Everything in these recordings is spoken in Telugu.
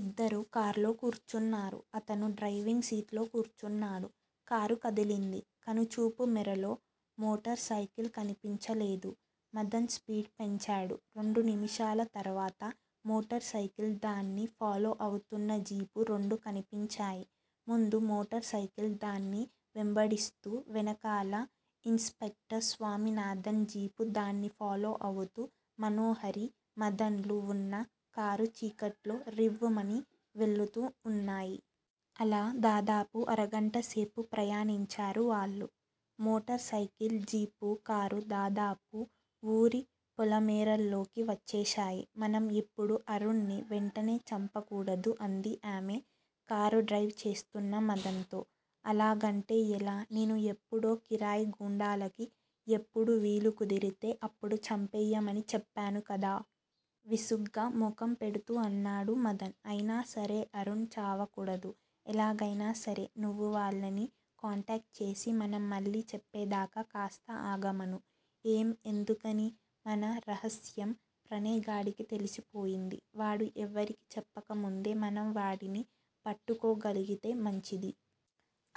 ఇద్దరూ కార్లో కూర్చున్నారు. అతను డ్రైవింగ్ సీట్లో కూర్చున్నాడు. కారు కదిలింది. కనుచూపు మేరలో మోటార్ సైకిల్ కనిపించలేదు. మదన్ స్పీడ్ పెంచాడు. రెండు నిముషాల తర్వాత మోటార్ సైకిల్, దాన్ని ఫాలో అవుతున్న జీపూ రెండూ కనిపించాయి. ముందు మోటార్ సైకిల్ దాన్ని వెంబడిస్తూ వెనకాల ఇన్స్ పెక్టర్ స్వామినాథన్ జీపూ దాన్ని ఫాలో అవుతూ మనోహరీ, మదన్ లు వున్న కారూ చీకట్లో రివ్వుమని వెళుతూ వున్నాయి. అలా దాదాపు అరగంటసేపు ప్రయాణించారు వాళ్ళు. మోటార్ సైకిల్, జీపు, కారు దాదాపు వూరి పొలిమేరల్లోకి వచ్చేశాయి. మనం ఇప్పుడు అరుణ్ ని వెంటనే చంపకూడదు అంది ఆమె కారు డ్రైవ్ చేస్తున్న మదన్ తో. అలాగంటే ఎలా? నేను ఎప్పుడో కిరాయి గూండాలకి ఎప్పుడు వీలు కుదిరితే అప్పుడు చంపెయ్యమని చెప్పాను కదా? విసుగ్గా ముఖం పెడుతూ అన్నాడు మదన్. అయినా సరే అరుణ్ చావకూడదు! ఎలాగైనా సరే నువ్వు వాళ్ళని కాంటాక్ట్ చేసి మనం మళ్ళీ చెప్పేదాకా కాస్త ఆగమను. ఏం? ఎందుకని? మన రహస్యం ప్రణయ్ గాడికి తెలిసిపోయింది. వాడు ఎవరికీ చెప్పకముందే మనం వాడిని పట్టుకోగలిగితే మంచిది.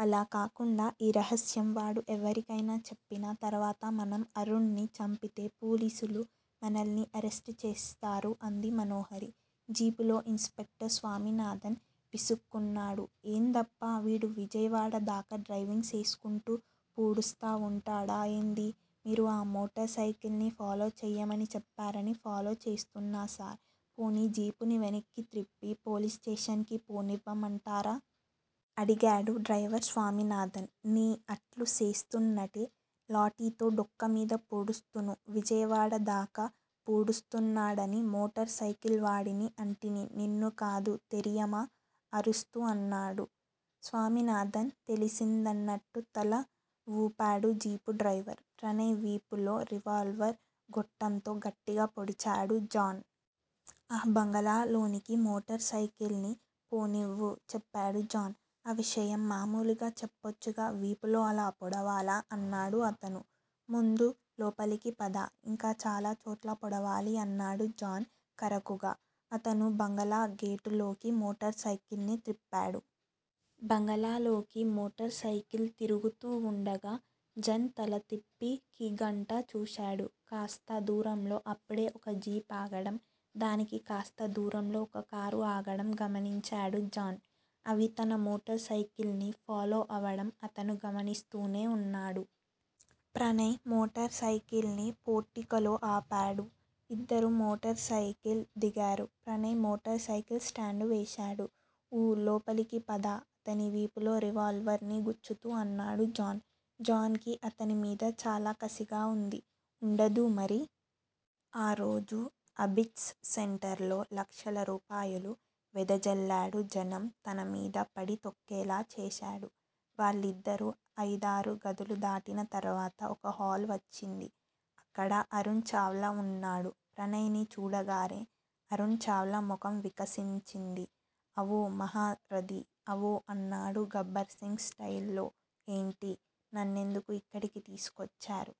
అలా కాకుండా ఈ రహస్యం వాడు ఎవరికైనా చెప్పినా తర్వాత మనం అరుణ్ ని చంపితే పోలీసులు మనల్ని అరెస్టు చేస్తారు అంది మనోహరి. జీపులో ఇన్స్ పెక్టర్ స్వామినాథన్ విసుక్కున్నాడు_ ఏందప్పా? వీడు విజయవాడదాకా డ్రైవింగ్ సేస్కుంటూ పూడుస్తా వుంటాడా ఏంది? మీరు ఆ మోటార్ సైకిల్ ని ఫాలో చేయమని చెప్పారని ఫాలో చేస్తున్నా సార్ పోనీ జీపుని వెనక్కి త్రిప్పి పోలీస్ స్టేషన్ కి పోనివ్వమంటారా? అడిగాడు డ్రైవర్ స్వామినాథన్ ని. అట్లు సేస్తునంటే లాఠీతో డొక్కమీద పోడుస్తును విజయవాడ దాకా పూడుస్తున్నాడని మోటార్ సైకిల్ వాడిని అంటిని నిన్ను కాదు తెరియమా? అరుస్తూ అన్నాడు స్వామినాథన్. తెలిసిందన్నట్టు తల వూపాడు జీపు డ్రైవర్. ప్రణయ్ వీపులో రివాల్వర్ గొట్టంతో గట్టిగా పొడిచాడు జాన్. ఆ బంగళాలోనికి మోటార్ సైకిల్ ని పోనివ్వు చెప్పాడు జాన్. ఆ విషయం మామూలుగా చెప్పొచ్చుగా వీపులో అలా పొడవాలా? అన్నాడు అతను. ముందు లోపలికి పద ఇంకా చాలాచోట్ల పొడవాలి అన్నాడు జాన్ కరకుగా. అతను బంగాళా గేటులోకి మోటార్ సైకిల్ ని త్రిప్పాడు. బంగళాలోకి మోటార్ సైకిల్ తిరుగుతూ వుండగా జన్ తలత్రిప్పి కీగంట చూశాడు. కాస్త దూరంలో అప్పుడే ఒక జీప్ ఆగడం, దానికి కాస్త దూరంలో ఒక కారు ఆగడం గమనించాడు జాన్. అవి తన మోటార్ సైకిల్ ని ఫాలో అవడం అతను గమనిస్తూనే వున్నాడు. ప్రణయ్ మోటార్ సైకిల్ ని పోర్టికోలో ఆపాడు. ఇద్దరు మోటార్ సైకిల్ దిగారు. ప్రణయ్ మోటార్ సైకిల్ స్టాండ్ వేశాడు. ఊ లోపలికి పద. అతని వీపులో రివాల్వర్ ని గుచ్చుతూ అన్నాడు జాన్. జాన్ కి అతని మీద చాలా కసిగా వుంది. ఉండదూ మరి? ఆ రోజు అబిడ్స్ సెంటర్లో లక్షల రూపాయలు వెదజల్లాడు జనం తనమీద పడి తొక్కేలా చేశాడు. వాళ్ళిద్దరూ అయిదారు గదులు దాటినా తర్వాత ఒక హాల్ వచ్చింది. అక్కడ అరుణ్ చావ్లా వున్నాడు. ప్రణయ్ ని చూడగానే అరుణ్ చావ్లా ముఖం వికసించింది. ఆవో మహారదీ ఆవో అన్నాడు గబ్బర్ సింగ్ స్టయిల్ లో ఏంటీ? నన్నెందుకు ఇక్కడికి తీస్కొచ్చారు?